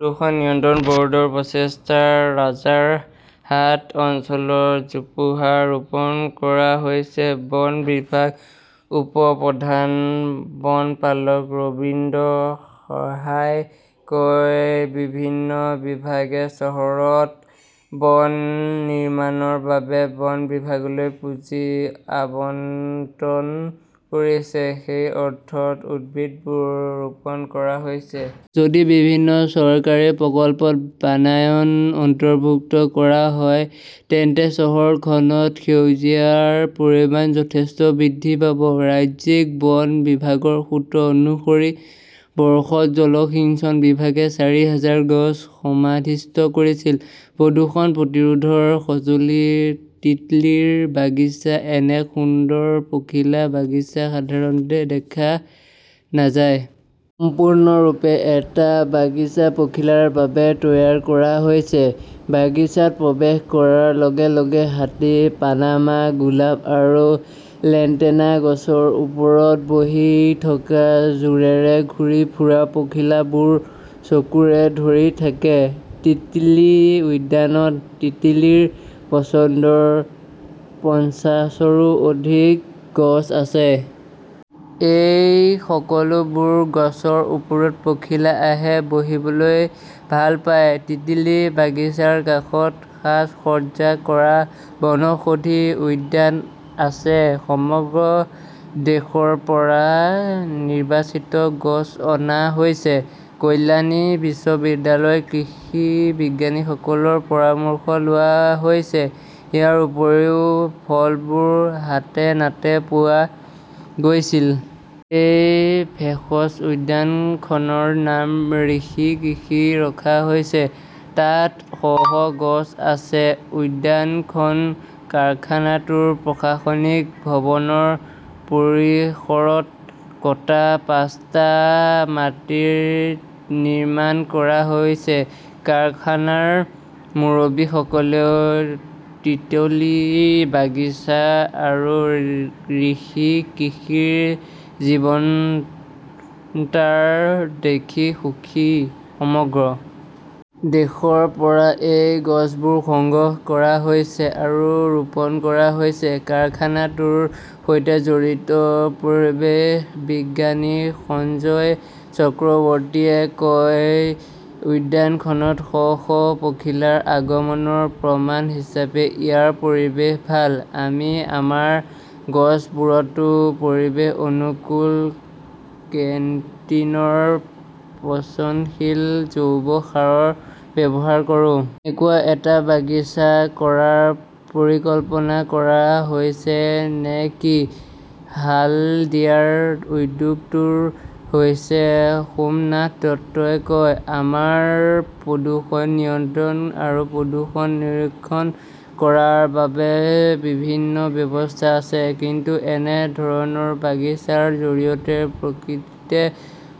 প্ৰদূষণ নিয়ন্ত্ৰণ বৰ্ডৰ প্ৰচেষ্টাত ৰাজাৰহাট অঞ্চলত জোপোহা ৰোপণ কৰা হৈছে। বন বিভাগৰ উপ-প্ৰধান বনপালক ৰবীন্দ্ৰনাথ সাহাই কয়, বিভিন্ন বিভাগে চহৰখনত বন নিৰ্মাণৰ বাবে বন বিভাগলৈ পুঁজি আবণ্টন কৰিছে। সেই অৰ্থত উদ্ভিদবোৰ ৰোপণ কৰা হৈছে। যদি বিভিন্ন চৰকাৰী প্ৰকল্পত বনায়ন অন্তৰ্ভুক্ত কৰা হয়, তেন্তে চহৰখনত সেউজীয়াৰ পৰিমাণ যথেষ্ট বৃদ্ধি পাব। ৰাজ্যিক বন বিভাগৰ সূত্ৰ অনুসৰি, বৰ্ষত জলসিঞ্চন বিভাগে চাৰি হাজাৰ গছ সমাধিস্থ কৰিছিল। প্ৰদূষণ প্ৰতিৰোধৰ সঁজুলি 'তিতলী বাগিচা এনে সুন্দৰ পখিলা বাগিচা সাধাৰণতে দেখা নাযায়। সম্পূৰ্ণৰূপে এটা বাগিচা পখিলাৰ বাবে তৈয়াৰ কৰা হৈছে। বাগিচাত প্ৰৱেশ কৰাৰ লগে লগে হাতী, পানামা গোলাপ আৰু লেণ্টেনা গছৰ ওপৰত বহি থকা জোৰেৰে ঘূৰি ফুৰা পখিলাবোৰ চকুৰে ধৰি থাকে। তিতলী উদ্যানত তিতলীৰ পচন্দৰ পঞ্চাশৰো অধিক গছ আছে। এই সকলোবোৰ গছৰ ওপৰত পখিলা আহে, বহিবলৈ ভাল পায়। তিতিলি বাগিচাৰ কাষত সাজ-সজ্জা কৰা বনৌষধি উদ্যান আছে। সমগ্ৰ দেশৰ পৰা নিৰ্বাচিত গছ অনা হৈছে। কল্যাণী বিশ্ববিদ্যালয়ৰ কৃষি বিজ্ঞানীসকলৰ পৰামৰ্শ লোৱা হৈছে। ইয়াৰ উপৰিও ফলবোৰ হাতেনাতে পোৱা গৈছিল। এই ভেষজ উদ্যানখনৰ নাম ঋষি কৃষি ৰখা হৈছে। তাত শ শ গছ আছে। উদ্যানখন কাৰখানাটোৰ প্ৰশাসনিক ভৱনৰ পৰিসৰত কটা পাঁচটা মাটিত নিৰ্মাণ কৰা হৈছে। কাৰখানাৰ মুৰব্বীসকলেও তিতলী বাগিচা আৰু ঋষি কৃষিৰ জীৱন্ততা দেখি সুখী। সমগ্ৰ দেশৰ পৰা এই গছবোৰ সংগ্ৰহ কৰা হৈছে আৰু ৰোপণ কৰা হৈছে, কাৰখানাটোৰ সৈতে জড়িত পৰিৱেশ বিজ্ঞানী সঞ্জয় চক্ৰৱৰ্তীয়ে কয়। উদ্যানখনত শ শ পখিলাৰ আগমনৰ প্ৰমাণ হিচাপে ইয়াৰ পৰিৱেশ ভাল। আমি আমাৰ গছবোৰতো পৰিৱেশ অনুকূল কেণ্টিনৰ পচনশীল জৈৱ সাৰ ব্যৱহাৰ কৰো। এনেকুৱা এটা বাগিচা কৰাৰ পৰিকল্পনা কৰা হৈছে নে কিয়? হালদিয়াৰ উদ্যোগটোৰ হৈ সোমনাথ দত্তই কয়, আমাৰ প্ৰদূষণ নিয়ন্ত্ৰণ আৰু প্ৰদূষণ নিৰীক্ষণ কৰাৰ বাবে বিভিন্ন ব্যৱস্থা আছে। কিন্তু এনে ধৰণৰ বাগিচাৰ জৰিয়তে প্ৰকৃততে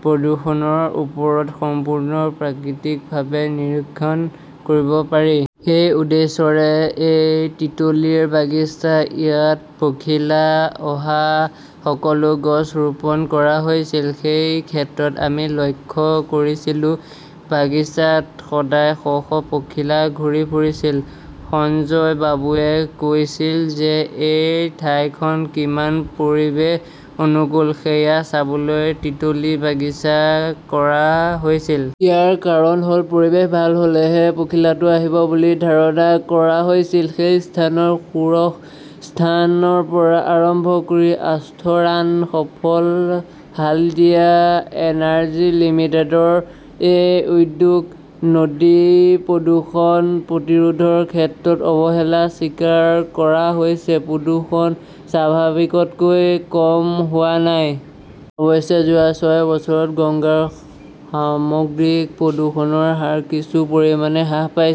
প্ৰদূষণৰ ওপৰত সম্পূৰ্ণ প্ৰাকৃতিকভাৱে নিৰীক্ষণ কৰিব পাৰি। সেই উদ্দেশ্যৰে এই তিতলীৰ বাগিচা। ইয়াত পখিলা অহা সকলো গছ ৰোপণ কৰা হৈছিল। সেই ক্ষেত্ৰত আমি লক্ষ্য কৰিছিলো, বাগিচাত সদায় শ শ পখিলা ঘূৰি ফুৰিছিল। সঞ্জয় বাবুৱে কৈছিল যে এই ঠাইখন কিমান পৰিৱেশ অনুকূল সেয়া চাবলৈ তিতলী বাগিচা কৰা হৈছিল। ইয়াৰ কাৰণ হল পৰিৱেশ ভাল হলেহে পখিলাটো আহিব বুলি ধাৰণা কৰা হৈছিল। সেই স্থানত ষোড়শ স্থানৰ পৰা আৰম্ভ কৰি অষ্টৰাণ সফল হালদিয়া এনাৰ্জি লিমিটেডৰ এই উদ্যোগ। নদী প্ৰদূষণ প্ৰতিৰোধৰ ক্ষেত্ৰত অৱহেলা স্বীকাৰ কৰা হৈছে প্ৰদূষণ স্বাভাৱিকতকৈ কম হোৱা নাই। অৱশ্যে, যোৱা ছয় বছৰত গংগাৰ সামগ্ৰিক প্ৰদূষণৰ হাৰ কিছু পৰিমাণে হ্ৰাস পাইছে।